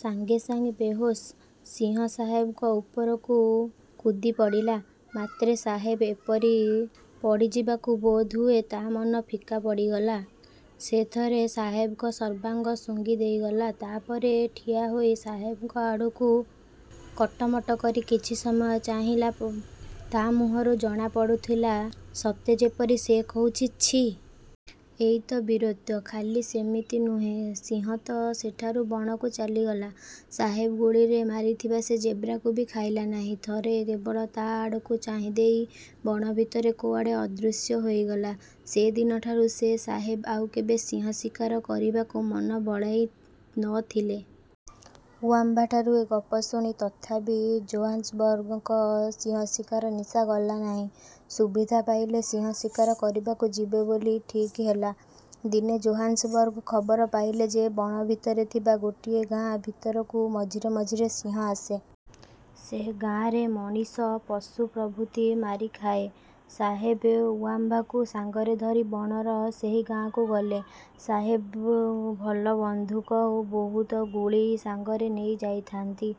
ସାଙ୍ଗେସାଙ୍ଗେ ବେହୋସ। ସିଂହ ସାହେବଙ୍କ ଉପରକୁ କୁଦି ପଡ଼ିଥିଲା; ମାତ୍ର ସାହେବ ଏପରି ପଡ଼ିଯିବାରୁ ବୋଧହୁଏ ତା' ମନ ଫିକା ପଡ଼ିଗଲା। ସେ ଥରେ ସାହେବଙ୍କ ସର୍ବାଙ୍ଗ ଶୁଙ୍ଘି ଦେଇଗଲା, ତା'ପରେ ଠିଆହୋଇ ସାହେବଙ୍କ ଆଡ଼କୁ କଟମଟ କରି କିଛି ସମୟ ଚାହିଁଲା। ତା' ମୁହଁରୁ ଜଣାପଡ଼ୁଥିଲା, ସତେ ଯେପରି ସେ କହୁଛି, 'ଛି! ଏଇ ତ ବୀରତ୍ୱ! ' ଖାଲି ସେତିକି ନୁହେଁ। ସିଂହ ତ ସେଠାରୁ ବଣକୁ ଚାଲିଗଲା। ସାହେବ ଗୁଳିରେ ମାରିଥିବା ସେ ଜେବ୍ରାଟାକୁ ବି ଖାଇଲା ନାହିଁ। ଥରେ କେବଳ ତା' ଆଡ଼କୁ ଚାହିଁଦେଇ ବଣ ଭିତରେ କୁଆଡ଼େ ଅଦୃଶ୍ୟ ହୋଇଗଲା। ସେହିଦିନଠାରୁ ସେ ସାହେବ ଆଉ କେବେ ସିଂହ ଶିକାର କରିବାକୁ ମନ ବଳାଇ ନ ଥିଲେ। ଉଆମ୍ବାଠାରୁ ଏ ଗପ ଶୁଣିଲେ, ତଥାପି ଜୋହାନ୍ସବର୍ଗଙ୍କର ସିଂହ ଶିକାର ନିଶା ଗଲା ନାହିଁ। ସୁବିଧା ପାଇଲେ ସିଂହ ଶିକାର କରିବାକୁ ଯିବେ ବୋଲି ଠିକ୍ ହେଲା। ଦିନେ ଜୋହାନ୍ସବର୍ଗ ଖବର ପାଇଲେ ଯେ, ବଣ ଭିତରେ ଥିବା ଗୋଟାଏ ଗାଁ ଭିତରକୁ ମଝିରେ ମଝିରେ ସିଂହ ଆସେ। ସେ ଗାଁରୁ ମଣିଷ, ପଶୁ ପ୍ରଭୁତି ମାରି ଖାଏ। ସାହେବ ଉଆମ୍ବାକୁ ସାଙ୍ଗରେ ଧରି ବଣର ସେହି ଗାଁକୁ ଗଲେ। ସାହେବ ଭଲ ବନ୍ଧୁକ ଓ ବହୁତ ଗୁଳି ସାଙ୍ଗରେ ନେଇଥାଆନ୍ତି।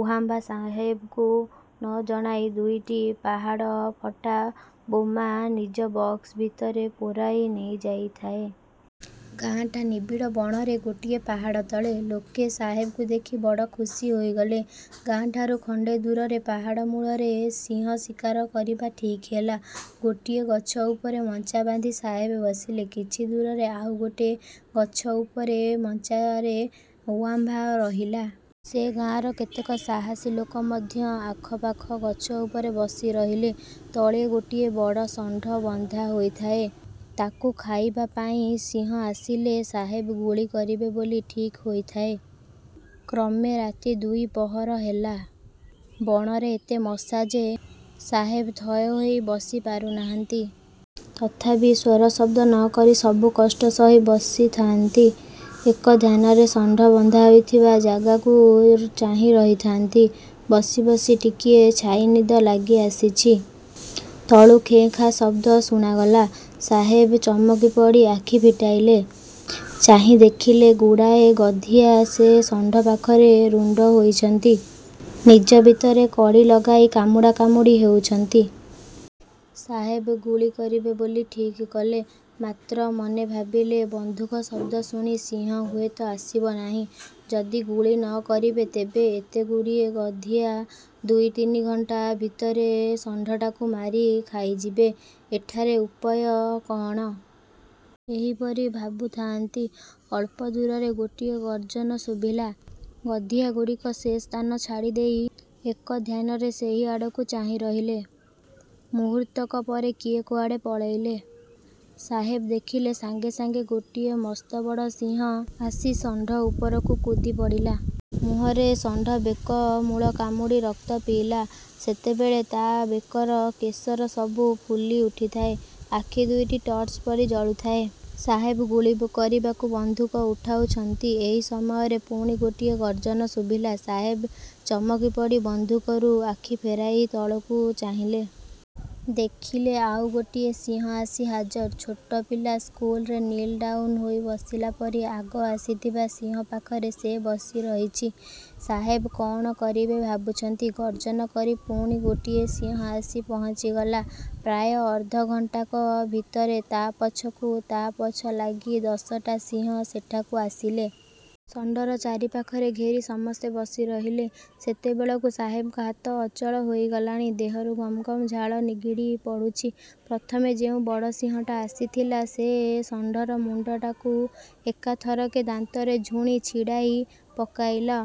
ଉଆମ୍ବା ସାହେବଙ୍କୁ ନ ଜଣାଇ ଦୁଇଟା ପାହାଡ଼ ଫଟା ବୋମା ନିଜ ବକ୍ସ ଭିତରେ ପୂରାଇ ନେଇଯାଇଥାଏ। ଗାଆଁଟା ନିବିଡ଼ ବଣ ଭିତରେ ଗୋଟାଏ ପାହାଡ଼ ତଳେ। ଲୋକେ ସ। ହେବଙ୍କୁ ଦେଖି ବଡ଼ ଖୁସି ହୋଇଗଲେ। ଗାଁ ଠାରୁ ଖଣ୍ଡେଦୂରରେ ପାହାଡ଼ମୂଳରେ ସିଂହ ଶିକାର କରିବା ଠିକ୍ ହେଲା। ଗୋଟିଏ ଗଛ ଉପରେ ମଞ୍ଚା ବାନ୍ଧି ସାହେବ ବସିଲେ। କିଛି ଦୂରରେ ଆଉ ଗୋଟିଏ ଗଛ ଉପରେ ମଞ୍ଚାରେ ଉଆମ୍ବା ରହିଲା। ସେ ଗାଆଁର କେତେକ ସାହସୀ ଲୋକ ମଧ୍ୟ ଆଖପାଖ ଗଛ ଉପରେ ବସିରହିଲେ। ତଳେ ଗୋଟିଏ ବଡ଼ ଷଣ୍ଢ ବନ୍ଧା ହୋଇଥାଏ। ତାକୁ ଖାଇବା ପାଇଁ ସିଂହ ଆସିଲେ, ସାହେବ ଗୁଳି କରିବେ ବୋଲି ଠିକ୍ ହୋଇଥାଏ। କ୍ରମେ ରାତି ଦୁଇ ପହର ହେଲା। ବଣରେ ଏତେ ମଶା ଯେ, ସାହେବ ଥୟ ହୋଇ ବସିପାରୁନାହାନ୍ତି।। ତଥାପି ସ୍ୱରଶବ୍ଦ ନ କରି ସବୁ କଷ୍ଟ ସହି ବସିଥାଆନ୍ତି। ଏକଧ୍ୟାନରେ ଷଣ୍ଢ ବନ୍ଧା ହୋଇଥିବା ଜାଗାକୁ ଚାହିଁ ରହିଥାଆନ୍ତି। ବସି ବସି ଟିକିଏ ଛାଇଦିନ ଲାଗିଆସିଛି; ତଳୁ ଖେଁ ଖାଁ ଶବ୍ଦ ଶୁଣାଗଲା। ସାହେବ ଚମକି ପଡ଼ି ଆଖି ଫିଟାଇଲେ। ଚାହିଁ ଦେଖିଲେ, ଗୁଡ଼ାଏ ଗଧିଆ ସେ ଷଣ୍ଢ ପାଖରେ ରୁଣ୍ଡ ହୋଇଛନ୍ତି; ନିଜ ଭିତରେ କଳି ଲଗାଇ କାମୁଡ଼ା କାମୁଡ଼ି ହେଉଛନ୍ତି। ସାହେବ ଗୁଳି କରିବେ ବୋଲି ଠିକ୍ କଲେ; ମାତ୍ର ମନରେ ଭାବିଲେ, ବନ୍ଧୁକ ଶବ୍ଦ ଶୁଣିଲେ ସିଂହ ହୁଏତ ଆସିବ ନାହିଁ। ଯଦି ଗୁଳି ନ କରିବେ, ତେବେ ଏତେଗୁଡ଼ାଏ ଗଧିଆ ଦୁଇ ତିନି ଘଣ୍ଟା ଭିତରେ ଷଣ୍ଢଟାକୁ ମାରି ଖାଇଯିବେ। ଏଠାରେ ଉପାୟ କଅଣ? ଏହିପରି ଭାବୁଥାଆନ୍ତି, ଅଳ୍ପ ଦୂରରେ ଗୋଟାଏ ଗର୍ଜନ ଶୁଭିଲା। ଗଧିଆଗୁଡ଼ାକ ସେ ସ୍ଥାନ ଛାଡ଼ିଦେଇ ଏକଧ୍ୟାନରେ ସେହି ଆଡ଼କୁ ଚାହିଁ ରହିଲେ। ମୁହୂର୍ତ୍ତକ ପରେ କିଏ କୁଆଡ଼େ ପଳାଇଗଲେ। ସାହେବ ଦେଖିଲେ, ସାଙ୍ଗେ ସାଙ୍ଗେ ଗୋଟାଏ ମସ୍ତ ବଡ଼ ସିଂହ ଆସି ଷଣ୍ଢ ଉପରକୁ କୁଦି ପଡ଼ିଲା। ମୁହଁରେ ଷଣ୍ଢ ବେକ ମୂଳ କାମୁଡ଼ି ରକ୍ତ ପିଇଲା। ସେତେବେଳେ ତା' ବେକର କେଶରସବୁ ଫୁଲି ଉଠିଥାଏ, ଆଖି ଦୁଇଟା ଟର୍ଚ୍ଚବତୀ ପରି ଜଳୁଥାଏ। ସାହେବ ଗୁଳି କରିବାକୁ ବନ୍ଧୁକ ଉଠାଉଚନ୍ତି, ଏହି ସମୟରେ ପୁଣି ଗୋଟାଏ ଗର୍ଜନ ଶୁଣାଗଲା। ସାହେବ ଚମକି ପଡ଼ି ବନ୍ଧୁକରୁ ଆଖି ଫେରାଇ ତଳକୁ ଚାହିଁଲେ। ଦେଖିଲେ, ଆଉ ଗୋଟାଏ ସିଂହ ଆସି ହଜାର। ଛୋଟ ପିଲା ସ୍କୁଲରେ 'ନୀଲ ଡାଉନ ' ହୋଇ ବସିଲା ପରି ଆଗ ଆସିଥିବା ସିଂହ ପାଖରେ ସେ ବସିରହିଛି। ସାହେବ କଅଣ କରିବେ ଭାବୁଛନ୍ତି-ଗର୍ଜନ କରି ପୁଣି ଗୋଟାଏ ସିଂହ ଆସି ପହଞ୍ଚିଗଲା। ପ୍ରାୟ ଅଧଘଣ୍ଟାକ ଭିତରେ ତା' ପଛକୁ ତା' ପଛ ଲାଗି ଦଶଟା ସିଂହ ସେଠାକୁ ଆସିଲେ-। ଷଣ୍ଢର ଚାରିପାଖରେ ଘେରି ସମସ୍ତେ ବସିପଡ଼ିଲେ। ସେତେବେଳକୁ ସାହେବଙ୍କ ହାତ ଅଚଳ ହୋଇଗଲାଣି। ଦେହରୁ ଗମଗମ ଝାଳ ନିଗିଡ଼ି ପଡ଼ୁଛି। ପ୍ରଥମେ ଯେଉଁ ବଡ଼ ସିଂହଟା ଆସିଥିଲା, ସେ ଷଣ୍ଢର ମୁଣ୍ଡଟାକୁ ଏକାଥରକେ ଦାନ୍ତରେ ଝୁଣି ଛିଡ଼ାଇ ପକାଇଲ।